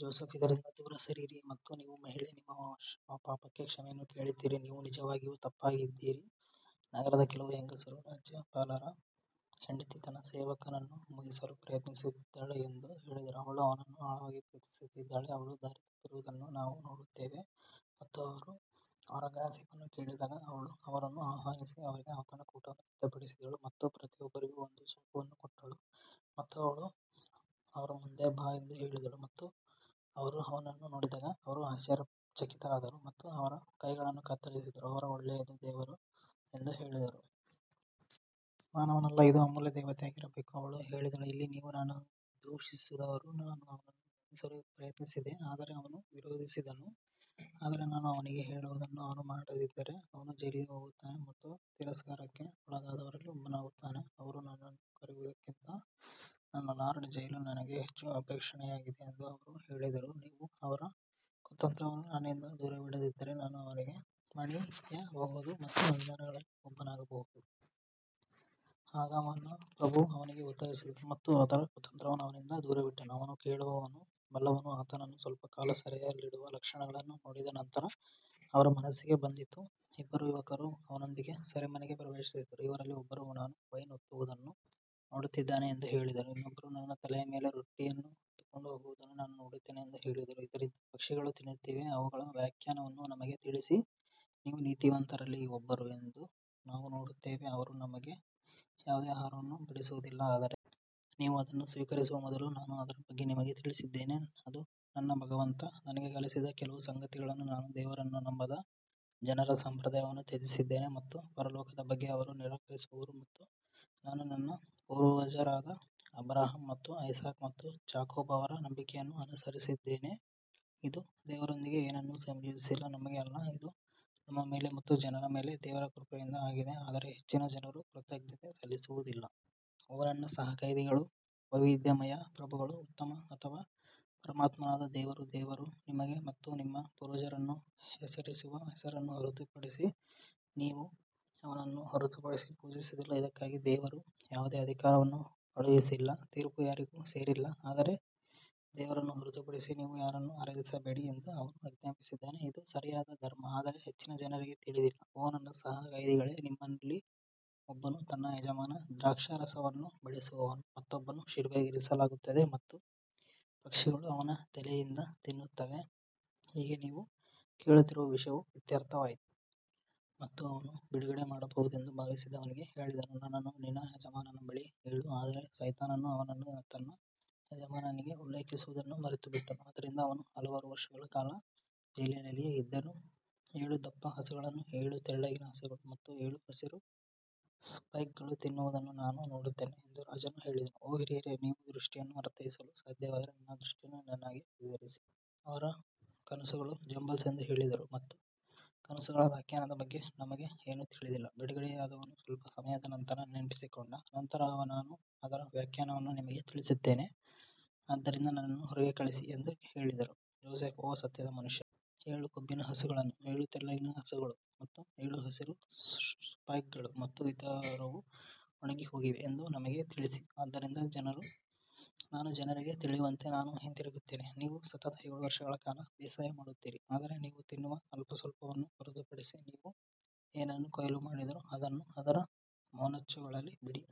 Joseph ಇದರಿಂದ ದೂರ ಸರಿಯಿರಿ ಮತ್ತು ನೀವು ಮಹಿಳೆ ನಿಮ್ಮ ಪಾಪಕ್ಕೆ ಕ್ಷಮೆಯನ್ನು ಕೇಳುತ್ತೀರಿ, ನೀವು ನಿಜವಾಗಿಯೂ ತಪ್ಪಾಗಿದ್ದೀರಿ ನಗರದ ಕೆಲವು ಹೆಂಗಸರು ರಾಜ್ಯಪಾಲರ ಹೆಂಡತಿ ತನ್ನ ಸೇವಕನನ್ನು ಮೋಹಿಸಲು ಪ್ರಯತ್ನಿಸುತ್ತಿದ್ದಾಳೆ ಎಂದು ಹೇಳಿದರು ಅವಳು ಅವನನ್ನು ಆಳವಾಗಿ ಪ್ರೀತಿಸುತ್ತಿದ್ದಾಳೆ ಅವಳು ದಾರಿ ತಪ್ಪಿರುವುದನ್ನು ನಾವು ನೋಡುತ್ತೇವೆ ಮತ್ತು ಅವರು ಅವರ ಗಾಸಿಪ್ ಅನ್ನು ಕೇಳಿದಾಗ ಅವಳು ಅವರನ್ನು ಆಹ್ವಾನಿಸಿ ಅವರಿಗೆ ಔತಣಕೂಟವನ್ನು ಸಿದ್ಧಪಡಿಸಿದಳು ಮತ್ತು ಪ್ರತಿಯೊಬ್ಬರಿಗೂ ಒಂದು ಚಾಕುವನ್ನು ಕೊಟ್ಟಳು ಮತ್ತು ಅವಳು ಅವರ ಮುಂದೆ ಬಾ ಎಂದು ಹೇಳಿದಳು ಮತ್ತು ಅವರು ಅವನನ್ನು ನೋಡಿದಾಗ ಅವರು ಆಶ್ಚರ್ಯಚಕಿತರಾದರು ಮತ್ತು ಅವರ ಕೈಗಳನ್ನು ಕತ್ತರಿಸಿದರು ಅವರು ಒಳ್ಳೆಯದು ದೇವರೇ ಎಂದು ಹೇಳಿದರು. ಮಾನವನಲ್ಲ, ಇದು ಅಮೂಲ್ಯ ದೇವತೆಯಾಗಿರಬೇಕು ಅವಳು ಹೇಳಿದಳು ಇಲ್ಲಿ ನೀವು ನನ್ನನ್ನು ದೂಷಿಸಿದವರು ನಾನು ಅವನನ್ನು ಮೋಹಿಸಲು ಪ್ರಯತ್ನಿಸಿದೆ ಆದರೆ ಅವನು ವಿರೋಧಿಸಿದನು ಆದರೆ ನಾನು ಅವನಿಗೆ ಹೇಳುವುದನ್ನು ಅವನು ಮಾಡದಿದ್ದರೆ ಅವನು ಜೈಲಿಗೆ ಹೋಗುತ್ತಾನೆ ಮತ್ತು ತಿರಸ್ಕಾರಕ್ಕೆ ಒಳಗಾದವರಲ್ಲಿ ಒಬ್ಬನಾಗುತ್ತಾನೆ. ಅವರು ನನ್ನನ್ನು ಕರೆಯುವುದಕ್ಕಿಂತ ನನ್ನ ಲಾರ್ಡ್ ಜೈಲು ನನಗೆ ಹೆಚ್ಚು ಅಪೇಕ್ಷಣೀಯವಾಗಿದೆ ಎಂದು ಅವರು ಹೇಳಿದರು, ನೀವು ಅವರ ಕುತಂತ್ರವನ್ನು ನನ್ನಿಂದ ದೂರವಿಡದಿದ್ದರೆ ನಾನು ಅವರಿಗೆ ಮಣಿಯಬಹುದು ಮತ್ತು ಅಜ್ಞಾನಿಗಳಲ್ಲಿ ಒಬ್ಬನಾಗಬಹುದು. ಆಗ ಅವನ ಪ್ರಭು ಅವನಿಗೆ ಉತ್ತರಿಸಿದನು ಮತ್ತು ಅವರ ಕುತಂತ್ರವನ್ನು ಅವನಿಂದ ದೂರವಿಟ್ಟನು, ಅವನು ಕೇಳುವವನು ಬಲ್ಲವನು ಆತನನ್ನು ಸ್ವಲ್ಪ ಕಾಲ ಸೆರೆಯಲ್ಲಿಡುವ ಲಕ್ಷಣಗಳನ್ನು ನೋಡಿದ ನಂತರ ಅವರ ಮನಸ್ಸಿಗೆ ಬಂದಿತು ಇಬ್ಬರು ಯುವಕರು ಅವನೊಂದಿಗೆ ಸೆರೆಮನೆಗೆ ಪ್ರವೇಶಿಸಿದರು ಅವರಲ್ಲಿ ಒಬ್ಬರು ನಾನು ವೈನ್ ಒತ್ತುವುದನ್ನು ನೋಡುತ್ತಿದ್ದೇನೆ ಎಂದು ಹೇಳಿದರು ಇನ್ನೊಬ್ಬರು ನನ್ನ ತಲೆಯ ಮೇಲೆ ರೊಟ್ಟಿಯನ್ನು ಹೊತ್ತುಕೊಂಡು ಹೋಗುವುದನ್ನು ನಾನು ನೋಡುತ್ತೇನೆ ಎಂದು ಹೇಳಿದನು ಇದರಿಂದ ಪಕ್ಷಿಗಳು ತಿನ್ನುತ್ತಿವೆ ಅವುಗಳ ವ್ಯಾಖ್ಯಾನವನ್ನು ನಮಗೆ ತಿಳಿಸಿ ನೀವು ನೀತಿವಂತರಲ್ಲಿ ಒಬ್ಬರು ಎಂದು ನಾವು ನೋಡುತ್ತೇವೆ ಅವರು ನಿಮಗೆ ಯಾವುದೇ ಆಹಾರವನ್ನು ಬಡಿಸುವುದಿಲ್ಲ ಆದರೆ ನೀವು ಅದನ್ನು ಸ್ವೀಕರಿಸುವ ಮೊದಲು ನಾನು ಅದರ ಬಗ್ಗೆ ನಿಮಗೆ ತಿಳಿಸಿದ್ದೇನೆ ಅದು ನನ್ನ ಭಗವಂತ ನನಗೆ ಕಲಿಸಿದ ಕೆಲವು ಸಂಗತಿಗಳನ್ನು ನಾನು ದೇವರನ್ನು ನಂಬದ ಜನರ ಸಂಪ್ರದಾಯವನ್ನು ತ್ಯಜಿಸಿದ್ದೇನೆ ಮತ್ತು ಪರಲೋಕದ ಬಗ್ಗೆ ಅವರು ನಿರಾಕರಿಸುವವರು ಮತ್ತು ನಾನು ನನ್ನ ಪೂರ್ವಜರಾದ ಅಬ್ರಹಾಂ ಮತ್ತು ಐಸಾಕ್ ಮತ್ತು ಜಾಕೋಬ್ ಅವರ ನಂಬಿಕೆಯನ್ನು ಅನುಸರಿಸಿದ್ದೇನೆ, ಇದು ದೇವರೊಂದಿಗೆ ಏನನ್ನೂ ಸಂಯೋಜಿಸಲು ನಮಗೆ ಅಲ್ಲ, ಇದು ನಮ್ಮ ಮೇಲೆ ಮತ್ತು ಜನರ ಮೇಲೆ ದೇವರ ಕೃಪೆಯಿಂದ ಆಗಿದೆ ಆದರೆ ಹೆಚ್ಚಿನ ಜನರು ಕೃತಜ್ಞತೆ ಸಲ್ಲಿಸುವುದಿಲ್ಲ. ಓ ನನ್ನ ಸಹ ಕೈದಿಗಳು ವೈವಿಧ್ಯಮಯ ಪ್ರಭುಗಳು ಉತ್ತಮ ಅಥವಾ ಪರಮಾತ್ಮನಾದ ದೇವರು ದೇವರು ನಿಮಗೆ ಮತ್ತು ನಿಮ್ಮ ಪೂರ್ವಜರನ್ನು ಹೆಸರಿಸಿರುವ ಹೆಸರನ್ನು ಹೊರತುಪಡಿಸಿ ನೀವು ಅವನನ್ನು ಹೊರತುಪಡಿಸಿ ಪೂಜಿಸುವುದಿಲ್ಲ, ಇದಕ್ಕಾಗಿ ದೇವರು ಯಾವುದೇ ಅಧಿಕಾರವನ್ನು ಕಳುಹಿಸಿಲ್ಲ ತೀರ್ಪು ಯಾರಿಗೂ ಸೇರಿಲ್ಲ ಆದರೆ ದೇವರನ್ನು ಹೊರತುಪಡಿಸಿ ನೀವು ಯಾರನ್ನೂ ಆರಾಧಿಸಬೇಡಿ ಎಂದು ಅವನು ಆಜ್ಞಾಪಿಸಿದ್ದಾನೆ ಇದು ಸರಿಯಾದ ಧರ್ಮ ಆದರೆ ಹೆಚ್ಚಿನ ಜನರಿಗೆ ತಿಳಿದಿಲ್ಲ ಓ ನನ್ನ ಸಹ ಕೈದಿಗಳೇ ನಿಮ್ಮಲ್ಲಿ ಒಬ್ಬನು ತನ್ನ ಯಜಮಾನ ದ್ರಾಕ್ಷಾರಸವನ್ನು ಬಡಿಸುವನು, ಮತ್ತೊಬ್ಬನನ್ನು ಶಿಲುಬೆಗೇರಿಸಲಾಗುತ್ತದೆ ಮತ್ತು ಪಕ್ಷಿಗಳು ಅವನ ತಲೆಯಿಂದ ತಿನ್ನುತ್ತವೆ, ಹೀಗೆ ನೀವು ಕೇಳುತ್ತಿರುವ ವಿಷಯವು ಇತ್ಯರ್ಥವಾಯಿತು. ಮತ್ತು ಅವನು ಬಿಡುಗಡೆ ಮಾಡಬಹುದೆಂದು ಭಾವಿಸಿದವನಿಗೆ ಹೇಳಿದನು, ನನ್ನನ್ನು ನಿನ್ನ ಯಜಮಾನನ ಬಳಿ ಹೇಳು ಆದರೆ ಸೈತಾನನು ಅವನನ್ನು ತನ್ನ ಯಜಮಾನನಿಗೆ ಉಲ್ಲೇಖಿಸುವುದನ್ನು ಮರೆತುಬಿಟ್ಟನು ಆದ್ದರಿಂದ ಅವನು ಹಲವಾರು ವರ್ಷಗಳ ಕಾಲ ಜೈಲಿನಲ್ಲಿಯೇ ಇದ್ದನು. ಏಳು ದಪ್ಪ ಹಸುಗಳನ್ನು ಏಳು ತೆಳ್ಳಗಿನ ಹಸುಗಳು ಮತ್ತು ಏಳು ಹಸಿರು ಸ್ಪೈಕ್ಗಳು ತಿನ್ನುವುದನ್ನು ನಾನು ನೋಡುತ್ತೇನೆ ಎಂದು ರಾಜನು ಹೇಳಿದನು, ಓ ಹಿರಿಯರೇ, ನೀವು ದೃಷ್ಟಿಯನ್ನು ಅರ್ಥೈಸಲು ಸಾಧ್ಯವಾದರೆ ನನ್ನ ದೃಷ್ಟಿಯನ್ನು ನನಗೆ ವಿವರಿಸಿ. ಅವರು ಕನಸುಗಳ ಜಂಬಲ್ಸ್ ಎಂದು ಹೇಳಿದರು ಮತ್ತು ಕನಸುಗಳ ವ್ಯಾಖ್ಯಾನದ ಬಗ್ಗೆ ನಮಗೆ ಏನೂ ತಿಳಿದಿಲ್ಲ ಬಿಡುಗಡೆಯಾದವನು ಸ್ವಲ್ಪ ಸಮಯದ ನಂತರ ನೆನಪಿಸಿಕೊಂಡ ನಂತರ ನಾನು ಅದರ ವ್ಯಾಖ್ಯಾನವನ್ನು ನಿಮಗೆ ತಿಳಿಸುತ್ತೇನೆ ಆದ್ದರಿಂದ ನನ್ನನ್ನು ಹೊರಗೆ ಕಳುಹಿಸಿ ಎಂದು ಹೇಳಿದರು ಜೋಸೆಫ್ ಓ ಸತ್ಯದ ಮನುಷ್ಯ ಏಳು ಕೊಬ್ಬಿನ ಹಸುಗಳನ್ನು ಏಳು ತೆಳ್ಳಗಿನ ಹಸುಗಳು ಮತ್ತು ಏಳು ಹಸಿರು ಸ್ಪೈಕ್ಗಳು ಮತ್ತು ಇತರವು ಒಣಗಿಹೋಗಿವೆ ಎಂದು ನಮಗೆ ತಿಳಿಸಿ, ಆದ್ದರಿಂದ ನಾನು ಜನರಿಗೆ ತಿಳಿಯುವಂತೆ ನಾನು ಹಿಂತಿರುಗುತ್ತೇನೆ ನೀವು ಸತತ ಏಳು ವರ್ಷಗಳ ಕಾಲ ಬೇಸಾಯ ಮಾಡುತ್ತೀರಿ ಆದರೆ ನೀವು ತಿನ್ನುವ ಅಲ್ಪಸ್ವಲ್ಪವನ್ನು ಹೊರತುಪಡಿಸಿ ನೀವು ಏನನ್ನು ಕೊಯ್ಲು ಮಾಡಿದರೂ ಅದನ್ನು ಅದರ ಮೊನಚುಗಳಲ್ಲಿ ಬಿಡಿ.